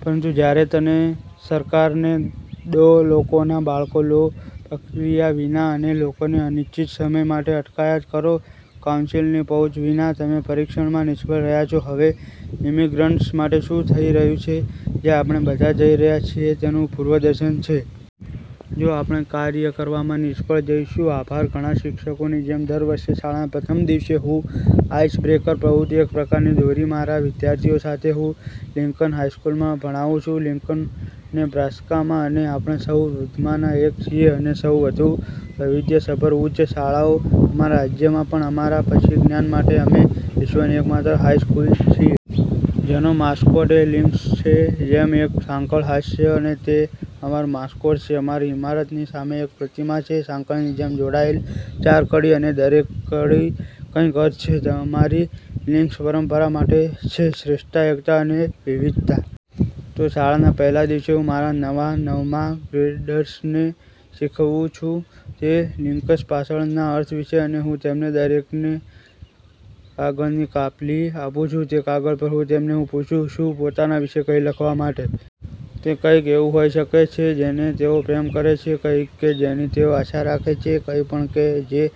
પરંતુ જ્યારે તમે સરકારને દો લોકોના બાળકો લો પ્રક્રિયા વિના અને લોકોને અનિશ્ચિત સમય માટે અટકાયત કરો કાઉન્સિલની પહોંચ વિના, તમે પરીક્ષણમાં નિષ્ફળ રહ્યા છો. હવે ઇમિગ્રન્ટ્સ માટે શું થઈ રહ્યું છે, જ્યાં આપણે બધા જઇ રહ્યા છીએ તેનું પૂર્વદર્શન છે. જો આપણે કાર્ય કરવામાં નિષ્ફળ જઈશું. આભાર. ઘણા શિક્ષકોની જેમ, દર વર્ષે શાળાના પ્રથમ દિવસે, હું આઇસબ્રેકર પ્રવૃત્તિ એક પ્રકારની દોરી મારા વિદ્યાર્થીઓ સાથે હું લિંકન હાઇ સ્કૂલમાં ભણાવું છું .લિંકન, નેબ્રાસ્કામાં અને આપણે સૌથી વૃદ્ધમાંના એક છીએ અને સૌથી વધુ વૈવિધ્યસભર ઉચ્ચ શાળાઓ અમારા રાજ્યમાં પણ, અમારા પછી જ્ઞાન માટે, અમે વિશ્વની એકમાત્ર હાઇ સ્કૂલ છીએ. જેનો માસ્કોટ એ લિંક્સ છે. જેમ, એક સાંકળ. હાસ્ય અને તે અમારું માસ્કોટ છે, અમારી ઇમારતની સામે એક પ્રતિમા છે. સાંકળની જેમ જોડાયેલ ચાર કડી અને દરેક કડી કંઈક અર્થ છે. અમારી લિંક્સ પરંપરા માટે છે, શ્રેષ્ઠતા, એકતા અને વિવિધતા. તો શાળાના પહેલા દિવસે હું મારા નવા નવમા-ગ્રેડર્સને શીખવું છું તે લિંક્સ પાછળના અર્થ વિશે અને હું તેમને દરેકને કાગળની કાપલી આપુંછું. તે કાગળ પર, હું તેમને પૂછું છું પોતાના વિશે કંઈક લખવા માટે. તેકંઈક એવું હોઈ શકે છે જેને તેઓ પ્રેમ કરે છે, કંઈક કે જેની તેઓ આશા રાખે છે, કંઈપણ કે જે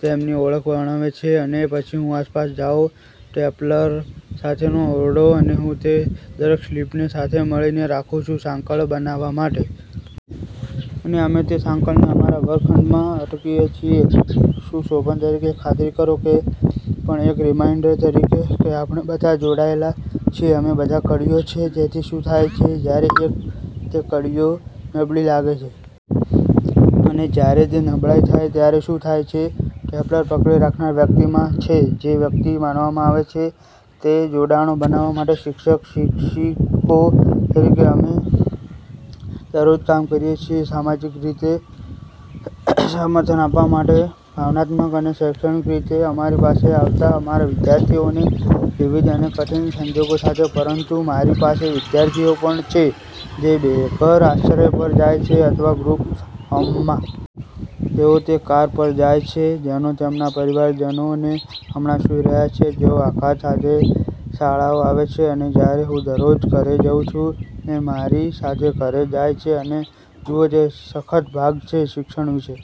તેમની ઓળખ વર્ણવે છે અને પછી હું આસપાસ જાઓ સ્ટેપલર સાથેનો ઓરડો અને હું તે દરેક સ્લિપને સાથે મળીને રાખું છું સાંકળ બનાવવા માટે. અને અમે તે સાંકળને અમારા વર્ગખંડમાં અટકીએ છીએ સુશોભન તરીકે, ખાતરી કરો કે, પણ એક રીમાઇન્ડર તરીકે કે આપણે બધા જોડાયેલા છીએ. અમે બધા કડીઓ છે. તેથી શું થાય છે જ્યારે એક તે કડીઓ નબળી લાગે છે? અને જ્યારે તે નબળાઇ થાય ત્યારે શું થાય છે, સ્ટેપલર પકડી રાખનાર વ્યક્તિમાં છે? જે વ્યક્તિ માનવામાં આવે છે તે જોડાણો બનાવવા માટે શિક્ષક. શિક્ષકો તરીકે અમે દરરોજ કામ કરીએ છીએ. સામાજિક રીતે સમર્થન આપવા માટે, ભાવનાત્મક અને શૈક્ષણિક રીતે અમારી પાસે આવતા અમારા વિદ્યાર્થીઓને વિવિધ અને કઠિન સંજોગો સાથે, પરંતુ મારી પાસે વિદ્યાર્થીઓ પણ છે જે બેઘર આશ્રય પર જાય છે અથવા ગ્રુપ હોમમાં. તેઓ તે કાર પર જાય છે જેનો તેમના પરિવારજનો છે હમણાં સૂઈ રહ્યો છે. તેઓ આઘાત સાથે શાળાએ આવે છે, અને જ્યારે હું દરરોજ ઘરે જઉં છું, તે મારી સાથે ઘરે જાય છે અને જુઓ તે સખત ભાગ છે શિક્ષણ વિશે.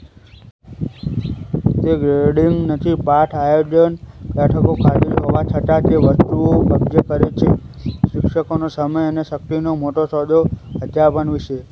તે ગ્રેડિંગ નથી, પાઠ આયોજન, બેઠકો, ખાતરી હોવા છતાં, તે વસ્તુઓ કબજે કરે છે. શિક્ષકોનો સમય અને શક્તિનો મોટો સોદો અધ્યાપન વિશે.